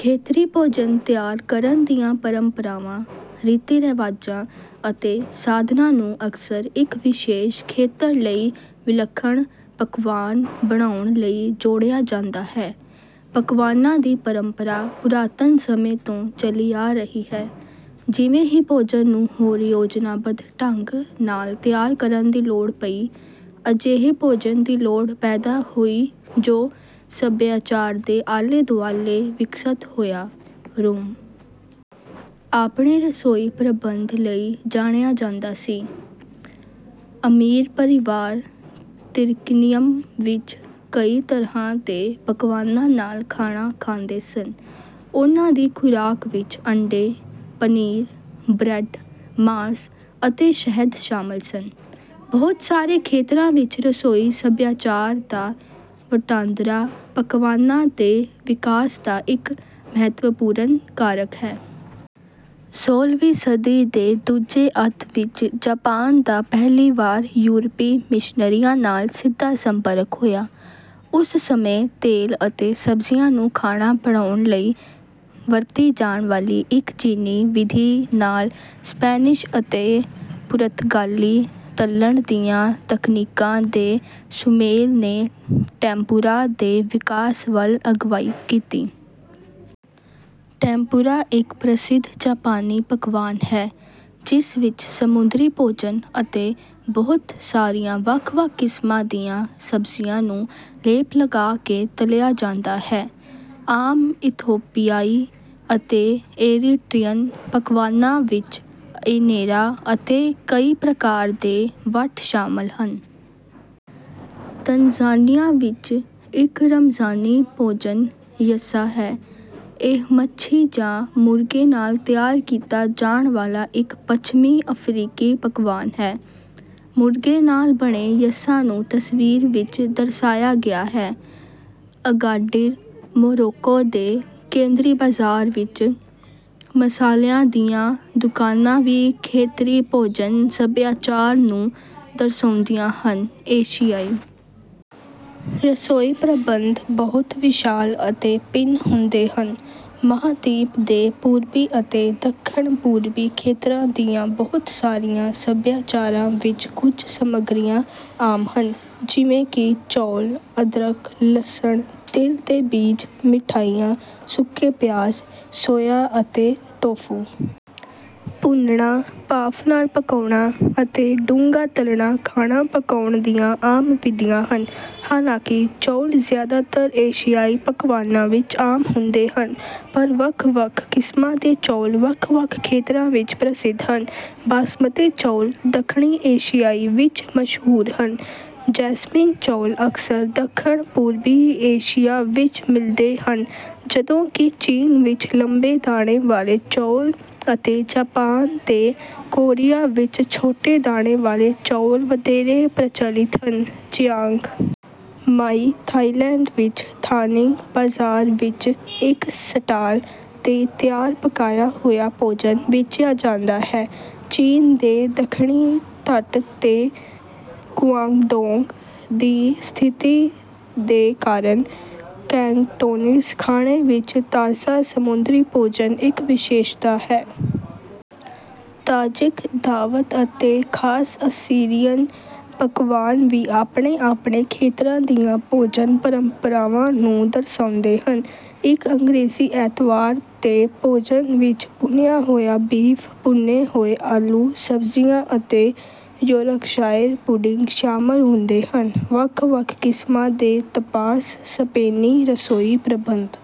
ਖੇਤਰੀ ਭੋਜਨ ਤਿਆਰ ਕਰਨ ਦੀਆਂ ਪਰੰਪਰਾਵਾਂ, ਰੀਤੀ-ਰਿਵਾਜਾਂ ਅਤੇ ਸਾਧਨਾਂ ਨੂੰ ਅਕਸਰ ਇੱਕ ਵਿਸ਼ੇਸ਼ ਖੇਤਰ ਲਈ ਵਿਲੱਖਣ ਪਕਵਾਨ ਬਣਾਉਣ ਲਈ ਜੋੜਿਆ ਜਾਂਦਾ ਹੈ। ਪਕਵਾਨਾਂ ਦੀ ਪਰੰਪਰਾ ਪੁਰਾਤਨ ਸਮੇਂ ਤੋਂ ਚੱਲੀ ਆ ਰਹੀ ਹੈ। ਜਿਵੇਂ ਹੀ ਭੋਜਨ ਨੂੰ ਹੋਰ ਯੋਜਨਾਬੱਧ ਢੰਗ ਨਾਲ ਤਿਆਰ ਕਰਨ ਦੀ ਲੋੜ ਪਈ, ਅਜਿਹੇ ਭੋਜਨ ਦੀ ਲੋੜ ਪੈਦਾ ਹੋਈ ਜੋ ਸੱਭਿਆਚਾਰ ਦੇ ਆਲੇ-ਦੁਆਲੇ ਵਿਕਸਤ ਹੋਇਆ। ਰੋਮ ਆਪਣੇ ਰਸੋਈ ਪ੍ਰਬੰਧ ਲਈ ਜਾਣਿਆ ਜਾਂਦਾ ਸੀ। ਅਮੀਰ ਪਰਿਵਾਰ ਤਿਰਕਿਨਿਅਮ ਵਿੱਚ ਕਈ ਤਰ੍ਹਾਂ ਦੇ ਪਕਵਾਨਾਂ ਨਾਲ ਖਾਣਾ ਖਾਂਦੇ ਸਨ। ਉਨ੍ਹਾਂ ਦੀ ਖੁਰਾਕ ਵਿੱਚ ਅੰਡੇ, ਪਨੀਰ, ਬਰੈੱਡ, ਮਾਸ ਅਤੇ ਸ਼ਹਿਦ ਸ਼ਾਮਲ ਸਨ। ਬਹੁਤ ਸਾਰੇ ਖੇਤਰਾਂ ਵਿੱਚ ਰਸੋਈ ਸੱਭਿਆਚਾਰ ਦਾ ਵਟਾਂਦਰਾ ਪਕਵਾਨਾਂ ਦੇ ਵਿਕਾਸ ਦਾ ਇੱਕ ਮਹੱਤਵਪੂਰਨ ਕਾਰਕ ਹੈ। ਸੋਲ੍ਹਵੀਂ ਸਦੀ ਦੇ ਦੂਜੇ ਅੱਧ ਵਿੱਚ ਜਾਪਾਨ ਦਾ ਪਹਿਲੀ ਵਾਰ ਯੂਰਪੀ ਮਿਸ਼ਨਰੀਆਂ ਨਾਲ ਸਿੱਧਾ ਸੰਪਰਕ ਹੋਇਆ। ਉਸ ਸਮੇਂ ਤੇਲ ਅਤੇ ਸਬਜ਼ੀਆਂ ਨੂੰ ਖਾਣਾ ਬਣਾਉਣ ਲਈ ਵਰਤੀ ਜਾਣ ਵਾਲੀ ਇੱਕ ਚੀਨੀ ਵਿਧੀ ਨਾਲ ਸਪੈਨਿਸ਼ ਅਤੇ ਪੁਰਤਗਾਲੀ ਤਲ਼ਣ ਦੀਆਂ ਤਕਨੀਕਾਂ ਦੇ ਸੁਮੇਲ ਨੇ ਟੈਂਮਪੂਰਾ ਦੇ ਵਿਕਾਸ ਵੱਲ ਅਗਵਾਈ ਕੀਤੀ। ਟੈਂਮਪੂਰਾ ਇੱਕ ਪ੍ਰਸਿੱਧ ਜਾਪਾਨੀ ਪਕਵਾਨ ਹੈ, ਜਿਸ ਵਿੱਚ ਸਮੁੰਦਰੀ ਭੋਜਨ ਅਤੇ ਬਹੁਤ ਸਾਰੀਆਂ ਵੱਖ-ਵੱਖ ਕਿਸਮਾਂ ਦੀਆਂ ਸਬਜ਼ੀਆਂ ਨੂੰ ਲੇਪ ਲਗਾ ਕੇ ਤਲਿਆ ਜਾਂਦਾ ਹੈ। ਆਮ ਇਥੋਪੀਆਈ ਅਤੇ ਏਰੀਟ੍ਰੀਅਨ ਪਕਵਾਨਾਂ ਵਿੱਚ ਇਨੇਰਾ ਅਤੇ ਕਈ ਪ੍ਰਕਾਰ ਦੇ ਵੱਟ ਸ਼ਾਮਲ ਹਨ। ਤਨਜ਼ਾਨੀਆ ਵਿੱਚ ਇੱਕ ਰਮਜ਼ਾਨੀ ਭੋਜਨ ‘ਯੱਸਾ’ ਹੈ। ਇਹ ਮੱਛੀ ਜਾਂ ਮੁਰਗੇ ਨਾਲ ਤਿਆਰ ਕੀਤਾ ਜਾਣ ਵਾਲਾ ਇੱਕ ਪੱਛਮੀ ਅਫ਼ਰੀਕੀ ਪਕਵਾਨ ਹੈ। ਮੁਰਗੇ ਨਾਲ ਬਣੇ ਯੱਸਾ ਨੂੰ ਤਸਵੀਰ ਵਿੱਚ ਦਰਸਾਇਆ ਗਿਆ ਹੈ। ਅਗਾਡਿਰ, ਮੋਰੋਕੋ ਦੇ ਕੇਂਦਰੀ ਬਾਜ਼ਾਰ ਵਿੱਚ ਮਸਾਲਿਆਂ ਦੀਆਂ ਦੁਕਾਨਾਂ ਵੀ ਖੇਤਰੀ ਭੋਜਨ-ਸੱਭਿਆਚਾਰ ਨੂੰ ਦਰਸਾਉਂਦੀਆਂ ਹਨ। ਏਸ਼ੀਆਈ ਰਸੋਈ ਪ੍ਰਬੰਧ ਬਹੁਤ ਵਿਸ਼ਾਲ ਅਤੇ ਭਿੰਨ ਹੁੰਦੇ ਹਨ। ਮਹਾਂਦੀਪ ਦੇ ਪੂਰਬੀ ਅਤੇ ਦੱਖਣ-ਪੂਰਬੀ ਖੇਤਰਾਂ ਦੀਆਂ ਬਹੁਤ ਸਾਰੀਆਂ ਸੱਭਿਆਚਾਰਾਂ ਵਿੱਚ ਕੁਝ ਸਮੱਗਰੀਆਂ ਆਮ ਹਨ, ਜਿਵੇਂ ਕਿ ਚੌਲ, ਅਦਰਕ, ਲਸਣ, ਤਿਲ ਦੇ ਬੀਜ, ਮਿਠਾਈਆਂ, ਸੁੱਕੇ ਪਿਆਜ਼, ਸੋਇਆ ਅਤੇ ਟੋਫੂ। ਭੁੰਨਣਾ, ਭਾਫ਼ ਨਾਲ ਪਕਾਉਣਾ ਅਤੇ ਡੂੰਘਾ ਤਲ਼ਣਾ ਖਾਣਾ ਪਕਾਉਣ ਦੀਆਂ ਆਮ ਵਿਧੀਆਂ ਹਨ। ਹਾਲਾਂਕਿ ਚੌਲ ਜ਼ਿਆਦਾਤਰ ਏਸ਼ੀਆਈ ਪਕਵਾਨਾਂ ਵਿੱਚ ਆਮ ਹੁੰਦੇ ਹਨ, ਪਰ ਵੱਖ-ਵੱਖ ਕਿਸਮਾਂ ਦੇ ਚੌਲ ਵੱਖ-ਵੱਖ ਖੇਤਰਾਂ ਵਿੱਚ ਪ੍ਰਸਿੱਧ ਹਨ। ਬਾਸਮਤੀ ਚੌਲ ਦੱਖਣੀ ਏਸ਼ੀਆ ਵਿੱਚ ਮਸ਼ਹੂਰ ਹਨ, ਜੈਸਮੀਨ ਚੌਲ ਅਕਸਰ ਦੱਖਣ-ਪੂਰਬੀ ਏਸ਼ੀਆ ਵਿੱਚ ਮਿਲਦੇ ਹਨ, ਜਦੋਂਕਿ ਚੀਨ ਵਿੱਚ ਲੰਬੇ ਦਾਣੇ ਵਾਲੇ ਚੌਲ ਅਤੇ ਜਾਪਾਨ ਤੇ ਕੋਰੀਆ ਵਿੱਚ ਛੋਟੇ ਦਾਣੇ ਵਾਲੇ ਚੌਲ ਵਧੇਰੇ ਪ੍ਰਚਲਿਤ ਹਨ। ਚਿਆਂਗ ਮਾਈ, ਥਾਈਲੈਂਡ ਵਿੱਚ ਥਾਨਿੰਗ ਬਾਜ਼ਾਰ ਵਿੱਚ ਇੱਕ ਸਟਾਲ ’ਤੇ ਤਿਆਰ ਪਕਾਇਆ ਹੋਇਆ ਭੋਜਨ ਵੇਚਿਆ ਜਾਂਦਾ ਹੈ। ਚੀਨ ਦੇ ਦੱਖਣੀ ਤੱਟ ’ਤੇ ਗੁਆਂਗਡੋਂਗ ਦੀ ਸਥਿਤੀ ਦੇ ਕਾਰਨ, ਕੈਂਟੋਨੀਜ਼ ਖਾਣੇ ਵਿੱਚ ਤਾਜ਼ਾ ਸਮੁੰਦਰੀ ਭੋਜਨ ਇੱਕ ਵਿਸ਼ੇਸ਼ਤਾ ਹੈ। ਤਾਜਿਕ ਦਾਵਤ ਅਤੇ ਖਾਸ ਅਸੀਰੀਅਨ ਪਕਵਾਨ ਵੀ ਆਪਣੇ-ਆਪਣੇ ਖੇਤਰਾਂ ਦੀਆਂ ਭੋਜਨ ਪਰੰਪਰਾਵਾਂ ਨੂੰ ਦਰਸਾਉਂਦੇ ਹਨ। ਇੱਕ ਅੰਗਰੇਜ਼ੀ ਐਤਵਾਰ ਦੇ ਭੋਜਨ ਵਿੱਚ ਭੁੰਨਿਆ ਹੋਇਆ ਬੀਫ, ਭੁੰਨੇ ਹੋਏ ਆਲੂ, ਸਬਜ਼ੀਆਂ ਅਤੇ ਯੌਰਕਸ਼ਾਇਰ ਪੁਡਿੰਗ ਸ਼ਾਮਲ ਹੁੰਦੇ ਹਨ। ਵੱਖ-ਵੱਖ ਕਿਸਮਾਂ ਦੇ ਤਪਾਸ ਸਪੇਨੀ ਰਸੋਈ ਪ੍ਰਬੰਧ